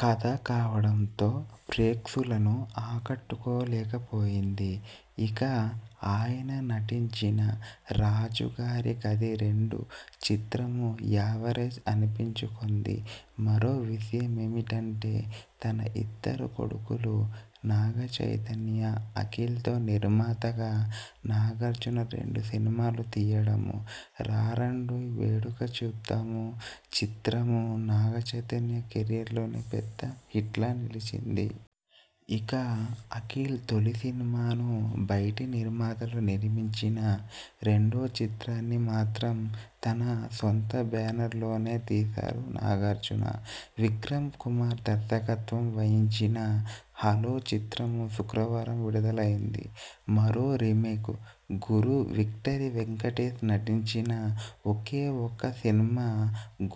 కథ కావడంతో ప్రేక్షులను ఆకట్టుకోలేకపోయింది. ఇక ఆయన నటించిన 'రాజుగారి గది రెండు' చిత్రం యావరేజ్ అనిపించుకొంది. మరో విషయమేమిటంటే తన ఇద్దరు కొడుకులు నాగచైతన్య, అఖిల్తో నిర్మాతగా నాగార్జున రెండు సినిమాలు తీయడము. 'రారండోయ్ వేడుక చూద్దాము' చిత్రం నాగచైతన్య కెరీర్లోనే పెద్ద హిట్లా నిలిచింది. ఇక అఖిల్ తొలి సినిమాను బయటి నిర్మాతలు నిర్మించినా, రెండో చిత్రాన్ని మాత్రం తన సొంత బేనరు లోనే తీశారు నాగార్జున. విక్రమ్ కుమార్ దర్శకత్వం వహించిన 'హలో' చిత్రం శుక్రవారం విడుదలైంది. మరో రీమేక్ 'గురు'విక్టరీ వెంకటేశ్ నటించిన ఒకే ఒక్క సినిమా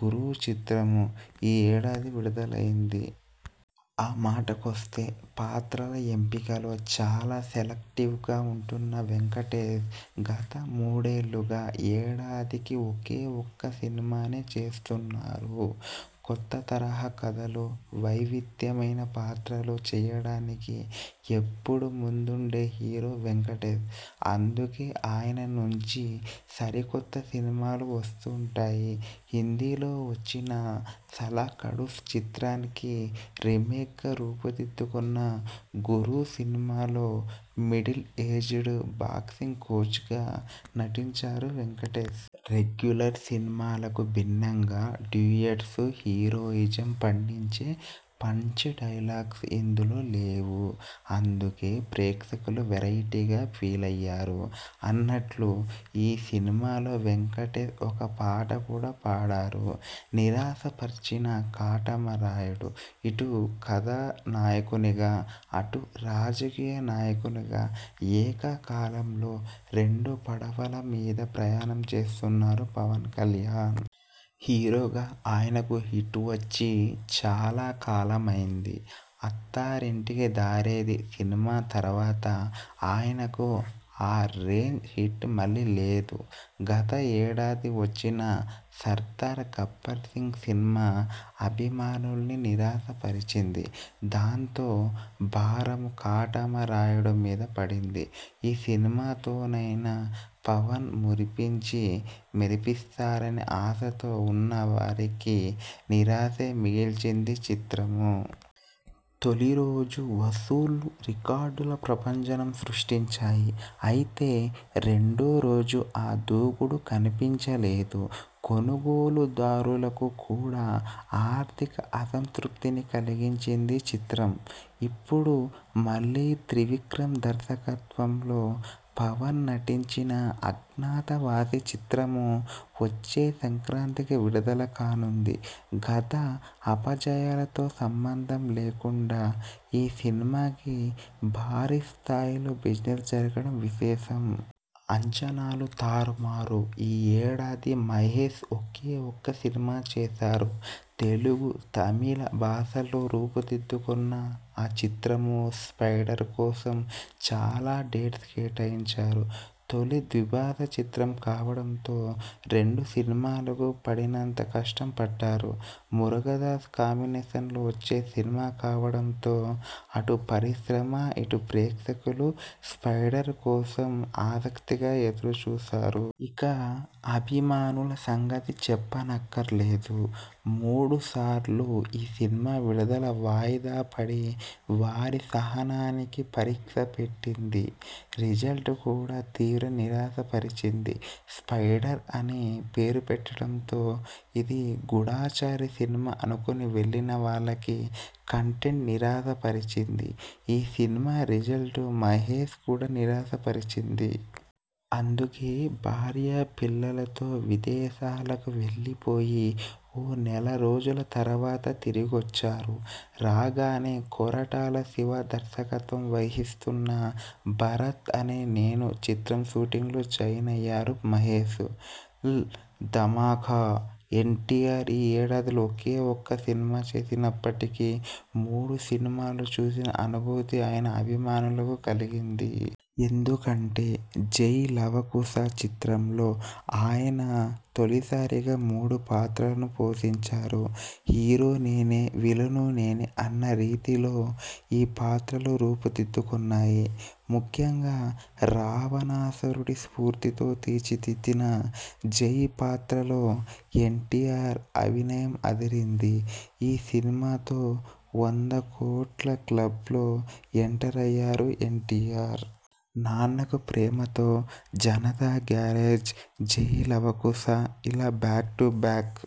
'గురు' చిత్రము ఈ ఏడాది విడుదలైంది. ఆ మాట కొస్తే పాత్రల ఎంపికలో చాలా సెలెక్టివ్గా ఉంటున్న వెంకటేశ్ గత మూడేళ్లుగా ఏడాదికి ఒకే ఒక్క సినిమానే చేస్తున్నారు. కొత్త తరహా కథలు, వైవిధ్యమైన పాత్రలు చేయడానికి ఎప్పుడూ ముందుండే హీరో వెంకటేశ్. అందుకే ఆయన నుంచి సరికొత్త సినిమాలు వస్తుంటాయి. హిందీలో వచ్చిన 'సాలా ఖడూస్' చిత్రానికి రీమేక్గా రూపుదిద్దుకొన్న 'గురు' సినిమాలో మిడిల్ ఏజ్డ్ బాక్సింగ్ కోచ్గా నటించారు వెంకటేశ్. రెగ్యులర్ సినిమాలకు భిన్నంగా డ్యూయెట్స్, హీరోయిజం పండించే పంచ్ డైలాగ్స్ ఇందులో లేవు. అందుకే ప్రేక్షకులు వెరైటీగా ఫీలయ్యారు. అన్నట్లు ఈ సినిమాలో వెంకటేశ్ ఒక పాట కూడా పాడారు. నిరాశపర్చిన 'కాటమరాయుడు'ఇటు కథా నాయకునిగా, అటు రాజకీయ నాయకునిగా ఏక కాలంలో రెండు పడవల మీద ప్రయాణం చేస్తున్నారు పవన్కల్యాణ్. హీరోగా ఆయనకు హిట్ వచ్చి చాలా కాలమైంది. 'అత్తారింటికి దారేది' సినిమా తర్వాత ఆయనకు ఆ రేంజ్ హిట్ మళ్లీ లేదు. గత ఏడాది వచ్చిన 'సర్దార్ గబ్బర్సింగ్' సినిమా అభిమానుల్ని నిరాశపరిచింది. దాంతో భారం 'కాటమరాయుడు' మీద పడింది. ఈ సినిమాతోనైనా పవన్ మురిపించి మెరిపిస్తారని ఆశతో ఉన్న వారికి నిరాశే మిగిల్చిందీ చిత్రము. తొలి రోజు వసూళ్లు రికార్డుల ప్రభంజనం సృష్టించాయి. అయితే రెండో రోజు ఆ దూకుడు కనిపించలేదు. కొనుగోలుదారులకు కూడా ఆర్ఠిక అసంతృప్తిని కలిగించిందీ చిత్రం. ఇప్పుడు మళ్లీ త్రివిక్రమ్ దర్శకత్వంలో పవన్ నటించిన 'అజ్ఞాతవాసి' చిత్రం వచ్చే సంక్రాంతికి విడుదల కానుంది. గత అపజయాలతో సంబంధం లేకుండా ఈ సినిమాకి భారీ స్థాయిలో బిజినెస్ జరగడం విశేషం. అంచనాలు తారుమారు ఈ ఏడాది మహేశ్ ఒకే ఒక్క సినిమా చేశారు. తెలుగు, తమిళ భాషల్లో రూపుదిద్దుకొన్న ఆ చిత్రం 'స్పైడర్' కోసం చాలా డేట్స్ కేటాయించారు. తొలి ద్విభాషా చిత్రం కావడంతో రెండు సినిమాలకు పడినంత కష్టం పడ్డారు. మురుగదాస్ కాంబినేషన్లో వచ్చే సినిమా కావడంతో అటు పరిశ్రమ, ఇటు ప్రేక్షకులు 'స్పైడర్' కోసం ఆసక్తిగా ఎదురుచూశారు. ఇక అభిమానుల సంగతి చెప్పనక్కర్లేదు. మూడు సార్లు ఈ సినిమా విడుదల వాయిదా పడి వారి సహనానికి పరీక్ష పెట్టింది. రిజల్ట్ కూడా తీవ్రనిరాశ పరిచింది. 'స్పైడర్' అని పేరు పెట్టడంతో ఇది గూఢచారి సినిమా అనుకొని వెళ్లిన వాళ్లకి కంటెంట్ నిరాశపరిచింది. ఈ సినిమా రిజల్ట్ మహేశ్ కూడా నిరాశపరిచింది. అందుకే భార్యా పిల్లలతో విదేశాలకు వెళ్లి పోయి ఓ నెల రోజుల తర్వాత తిరిగొచ్చారు. రాగానే కొరటాల శివ దర్శకత్వం వహిస్తున్న 'భరత్ అనే నేను' చిత్రం షూటింగ్లో జాయిన్ అయ్యారు మహేశ్. ల్ ధమాకా! ఎన్టీఆర్ ఈ ఏడాదిలో ఒకే ఒక్క సినిమా చేసినప్పటికీ మూడు సినిమాలు చూసిన అనుభూతి ఆయన అభిమానులకు కలిగింది. ఎందుకంటే 'జై లవకుశ' చిత్రంలో ఆయన తొలిసారిగా మూడు పాత్రలను పోషించారు. 'హీరో నేనే విలనూ నేనే' అన్న రీతిలో ఈ పాత్రలు రూపుదిద్దుకొన్నాయి. ముఖ్యంగా రావణాసురుడి స్ఫూర్త్తితో తీర్చిదిద్దిన 'జై' పాత్రలో ఎన్టీఆర్ అభినయం అదిరింది. ఈ సినిమాతో వంద కోట్ల క్లబ్లో ఎంటర్ అయ్యారు ఎన్టీఆర్. 'నాన్నకు ప్రేమతో', 'జనతా గ్యారేజ్', 'జై లవకుశ' ఇలా బ్యాక్ టు బ్యాక్